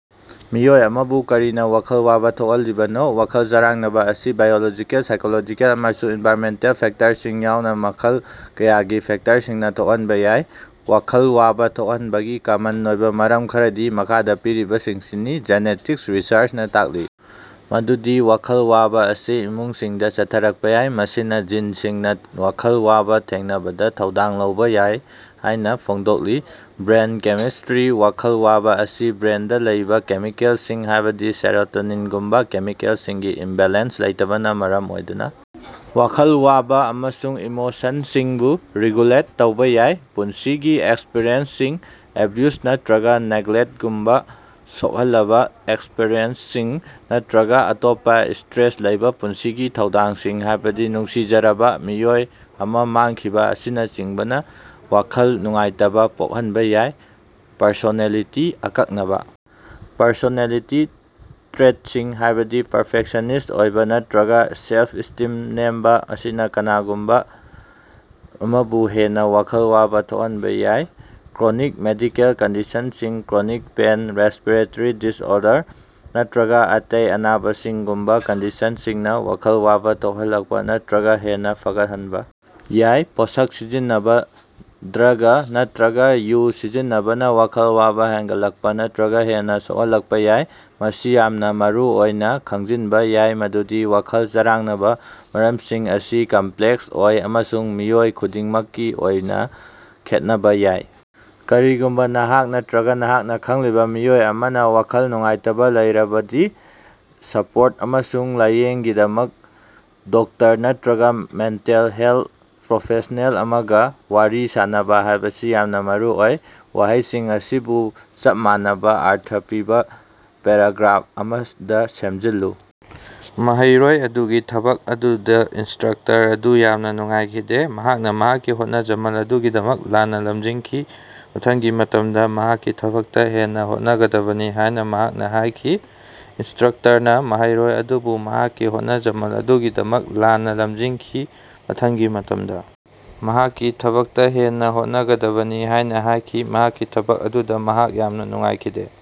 ꯃꯤꯑꯣꯏ ꯑꯃꯕꯨ ꯀꯔꯤꯅ ꯋꯥꯈꯜ ꯋꯥꯕ ꯊꯣꯛꯍꯜꯂꯤꯕꯅꯣ? ꯋꯥꯈꯜ ꯆꯔꯥꯡꯅꯕꯥ ꯑꯁꯤ ꯕꯥꯏꯑꯣꯂꯣꯖꯤꯀꯦꯜ, ꯁꯥꯏꯀꯣꯂꯣꯖꯤꯀꯦꯜ ꯑꯃꯁꯨꯡ ꯑꯦꯟꯚꯥꯏꯔꯟꯃꯦꯟꯇꯦꯜ ꯐꯦꯛꯇꯔꯁꯤꯡ ꯌꯥꯎꯅ ꯃꯈꯜ ꯀꯌꯥꯒꯤ ꯐꯦꯛꯇꯔꯁꯤꯡꯅ ꯊꯣꯛꯍꯟꯕ ꯌꯥꯏ꯫ ꯋꯥꯈꯜ ꯋꯥꯕ ꯊꯣꯛꯍꯟꯕꯒꯤ ꯀꯃꯟ ꯑꯣꯏꯕ ꯃꯔꯝ ꯈꯔꯗꯤ ꯃꯈꯥꯗ ꯄꯤꯔꯤꯕꯁꯤꯡꯁꯤꯅꯤ꯫ ꯖꯦꯅꯦꯇꯤꯛꯁ - ꯔꯤꯁꯔꯆꯅꯥ ꯇꯥꯛꯂꯤ ꯃꯗꯨꯗꯤ ꯋꯥꯈꯜ ꯋꯥꯕ ꯑꯁꯤ ꯏꯃꯨꯡꯁꯤꯡꯗ ꯆꯠꯊꯔꯛꯄ ꯌꯥꯏ, ꯃꯁꯤꯅ ꯖꯤꯟꯁꯤꯡꯅ ꯋꯥꯈꯜ ꯋꯥꯕ ꯊꯦꯡꯅꯕꯗ ꯊꯧꯗꯥꯡ ꯂꯧꯕ ꯌꯥꯏ ꯍꯥꯏꯅ ꯐꯣꯡꯗꯣꯛꯂꯤ꯫ ꯕ꯭ꯔꯦꯟ ꯀꯦꯃꯤꯁꯇ꯭ꯔꯤ - ꯋꯥꯈꯜ ꯋꯥꯕ ꯑꯁꯤ ꯕ꯭ꯔꯦꯟꯗ ꯂꯩꯕ ꯀꯦꯃꯤꯀꯦꯜꯁꯤꯡ, ꯍꯥꯏꯕꯗꯤ ꯁꯦꯔꯣꯇꯣꯅꯤꯟꯒꯨꯝꯕ ꯀꯦꯃꯤꯀꯦꯜꯁꯤꯡꯒꯤ ꯏꯝꯕꯦꯂꯦꯟꯁ ꯂꯩꯇꯕꯅꯥ ꯃꯔꯝ ꯑꯣꯏꯗꯨꯅ ꯋꯥꯈꯜ ꯋꯥꯕ ꯑꯃꯁꯨꯡ ꯏꯃꯣꯁꯟꯁꯤꯡꯕꯨ ꯔꯤꯒꯨꯂꯦꯠ ꯇꯧꯕ ꯌꯥꯏ꯫ ꯄꯨꯟꯁꯤꯒꯤ ꯑꯦꯛꯁꯄꯤꯔꯤꯑꯦꯟꯁꯁꯤꯡ - ꯑꯦꯕ꯭ꯌꯨꯖ ꯅꯠꯇ꯭ꯔꯒ ꯅꯦꯒꯂꯦꯛꯇꯒꯨꯝꯕ ꯁꯣꯛꯍꯜꯂꯕꯥ ꯑꯦꯛꯁꯄꯤꯔꯤꯑꯦꯟꯁꯁꯤꯡ, ꯅꯠꯇ꯭ꯔꯒ ꯑꯇꯣꯞꯄ ꯁ꯭ꯇꯔꯦꯁ ꯂꯩꯕ ꯄꯨꯟꯁꯤꯒꯤ ꯊꯧꯗꯣꯛꯁꯤꯡ, ꯍꯥꯏꯕꯗꯤ ꯅꯨꯡꯁꯤꯖꯔꯕꯥ ꯃꯤꯑꯣꯏ ꯑꯃ ꯃꯥꯡꯈꯤꯕ ꯑꯁꯤꯅꯆꯤꯡꯕꯅ ꯋꯥꯈꯜ ꯅꯨꯡꯉꯥꯏꯇꯕꯥ ꯄꯣꯛꯍꯟꯕ ꯌꯥꯏ꯫ ꯄꯔꯁꯣꯅꯦꯂꯤꯇꯤ- ꯑꯀꯛꯅꯕꯥ ꯄꯔꯁꯣꯅꯦꯂꯤꯇꯤ ꯇ꯭ꯔꯦꯠꯁꯤꯡ, ꯍꯥꯏꯕꯗꯤ ꯄꯔꯐꯦꯛꯁꯟꯅꯤꯁ꯭ꯠ ꯑꯣꯏꯕ ꯅꯠꯇ꯭ꯔꯒ ꯁꯦꯜꯐ-ꯏꯁ꯭ꯇꯤꯝ ꯅꯦꯝꯕ ꯑꯁꯤꯅ ꯀꯅꯥꯒꯨꯝꯕ ꯑꯃꯕꯨ ꯍꯦꯟꯅ ꯋꯥꯈꯜ ꯋꯥꯕ ꯊꯣꯛꯍꯟꯕ ꯌꯥꯏ꯫ ꯀ꯭ꯔꯣꯅꯤꯛ ꯃꯦꯗꯤꯀꯦꯜ ꯀꯟꯗꯤꯁꯟꯁꯤꯡ- ꯀ꯭ꯔꯣꯅꯤꯛ ꯄꯦꯏꯟ, ꯔꯦꯁ꯭ꯄꯤꯔꯦꯇꯔꯤ ꯗꯤꯁꯑꯣꯔꯗꯔ, ꯅꯠꯇ꯭ꯔꯒ ꯑꯇꯦꯏ ꯑꯅꯥꯕꯁꯤꯡꯒꯨꯝꯕ ꯀꯟꯗꯤꯁꯟꯁꯤꯡꯅ ꯋꯥꯈꯜ ꯋꯥꯕ ꯊꯣꯛꯍꯜꯂꯛꯄ ꯅꯠꯇ꯭ꯔꯒ ꯍꯦꯟꯅ ꯐꯒꯠꯍꯟꯕ ꯌꯥꯏ꯫ ꯄꯣꯠꯁꯛ ꯁꯤꯖꯤꯟꯅꯕ - ꯗ꯭ꯔꯒ ꯅꯠꯇ꯭ꯔꯒ ꯌꯨ ꯁꯤꯖꯤꯟꯅꯕꯅꯥ ꯋꯥꯈꯜ ꯋꯥꯕ ꯍꯦꯟꯒꯠꯂꯛꯄ ꯅꯠꯇ꯭ꯔꯒ ꯍꯦꯟꯅ ꯁꯣꯛꯍꯜꯂꯛꯄ ꯌꯥꯏ꯫ ꯃꯁꯤ ꯌꯥꯝꯅ ꯃꯔꯨꯑꯣꯏꯅ ꯈꯪꯖꯤꯟꯕ ꯌꯥꯏ ꯃꯗꯨꯗꯤ ꯋꯥꯈꯜ ꯆꯔꯥꯡꯅꯕꯥ ꯃꯔꯝꯁꯤꯡ ꯑꯁꯤ ꯀꯝꯄ꯭ꯂꯦꯛꯁ ꯑꯣꯏ ꯑꯃꯁꯨꯡ ꯃꯤꯑꯣꯏ ꯈꯨꯗꯤꯡꯃꯛꯀꯤ ꯑꯣꯏꯅ ꯈꯦꯠꯅꯕ ꯌꯥꯏ꯫ ꯀꯔꯤꯒꯨꯝꯕ ꯅꯍꯥꯛ ꯅꯠꯇ꯭ꯔꯒ ꯅꯍꯥꯛꯅ ꯈꯪꯂꯤꯕ ꯃꯤꯑꯣꯏ ꯑꯃꯅ ꯋꯥꯈꯜ ꯅꯨꯡꯉꯥꯏꯇꯕꯥ ꯂꯩꯔꯕꯗꯤ, ꯁꯄꯣꯔꯠ ꯑꯃꯁꯨꯡ ꯂꯥꯏꯌꯦꯡꯒꯤꯗꯃꯛ ꯗꯣꯛꯇꯔ ꯅꯠꯇ꯭ꯔꯒ ꯃꯦꯟꯇꯦꯜ ꯍꯦꯜꯊ ꯄ꯭ꯔꯣꯐꯦꯁꯅꯦꯜ ꯑꯃꯒ ꯋꯥꯔꯤ ꯁꯥꯅꯕ ꯍꯥꯏꯕꯁꯤ ꯌꯥꯝꯅ ꯃꯔꯨꯑꯣꯏ꯫ ꯋꯥꯍꯩꯁꯤꯡ ꯑꯁꯤꯕꯨ ꯆꯞ ꯃꯥꯟꯅꯕꯥ ꯑꯔꯊ ꯄꯤꯕ ꯄꯦꯔꯥꯒ꯭ꯔꯥꯐ ꯑꯃꯗ ꯁꯦꯝꯖꯤꯜꯂꯨ꯫ ꯃꯍꯩꯔꯣꯏ ꯑꯗꯨꯒꯤ ꯊꯕꯛ ꯑꯗꯨꯗ ꯏꯟꯁꯇ꯭ꯔꯛꯇꯔ ꯑꯗꯨ ꯌꯥꯝꯅ ꯅꯨꯡꯉꯥꯏꯈꯤꯗꯦ꯫ ꯃꯍꯥꯛꯅ ꯃꯍꯥꯛꯀꯤ ꯍꯣꯠꯅꯖꯃꯜ ꯑꯗꯨꯒꯤꯗꯃꯛ ꯂꯥꯟꯅ ꯂꯝꯖꯤꯡꯈꯤ꯫ ꯃꯊꯪꯒꯤ ꯃꯇꯝꯗ ꯃꯍꯥꯛꯀꯤ ꯊꯕꯛꯇ ꯍꯦꯟꯅ ꯍꯣꯠꯅꯒꯗꯕꯅꯤ ꯍꯥꯏꯅ ꯃꯍꯥꯛꯅ ꯍꯥꯏꯈꯤ꯫ ꯏꯟꯁꯇ‍꯭ꯔꯛꯇꯔꯅꯥ ꯃꯍꯩꯔꯣꯏ ꯑꯗꯨꯕꯨ ꯃꯍꯥꯛꯀꯤ ꯍꯣꯠꯅꯖꯃꯜ ꯑꯗꯨꯒꯤꯗꯃꯛ ꯂꯥꯟꯅ ꯂꯝꯖꯤꯡꯈꯤ, ꯃꯊꯪꯒꯤ ꯃꯇꯝꯗ ꯃꯍꯥꯛꯀꯤ ꯊꯕꯛꯇ ꯍꯦꯟꯅ ꯍꯣꯠꯅꯒꯗꯕꯅꯤ ꯍꯥꯏꯅ ꯍꯥꯏꯈꯤ꯫ ꯃꯍꯥꯛꯀꯤ ꯊꯕꯛ ꯑꯗꯨꯗ ꯃꯍꯥꯛ ꯌꯥꯝꯅ ꯅꯨꯡꯉꯥꯏꯈꯤꯗꯦ꯫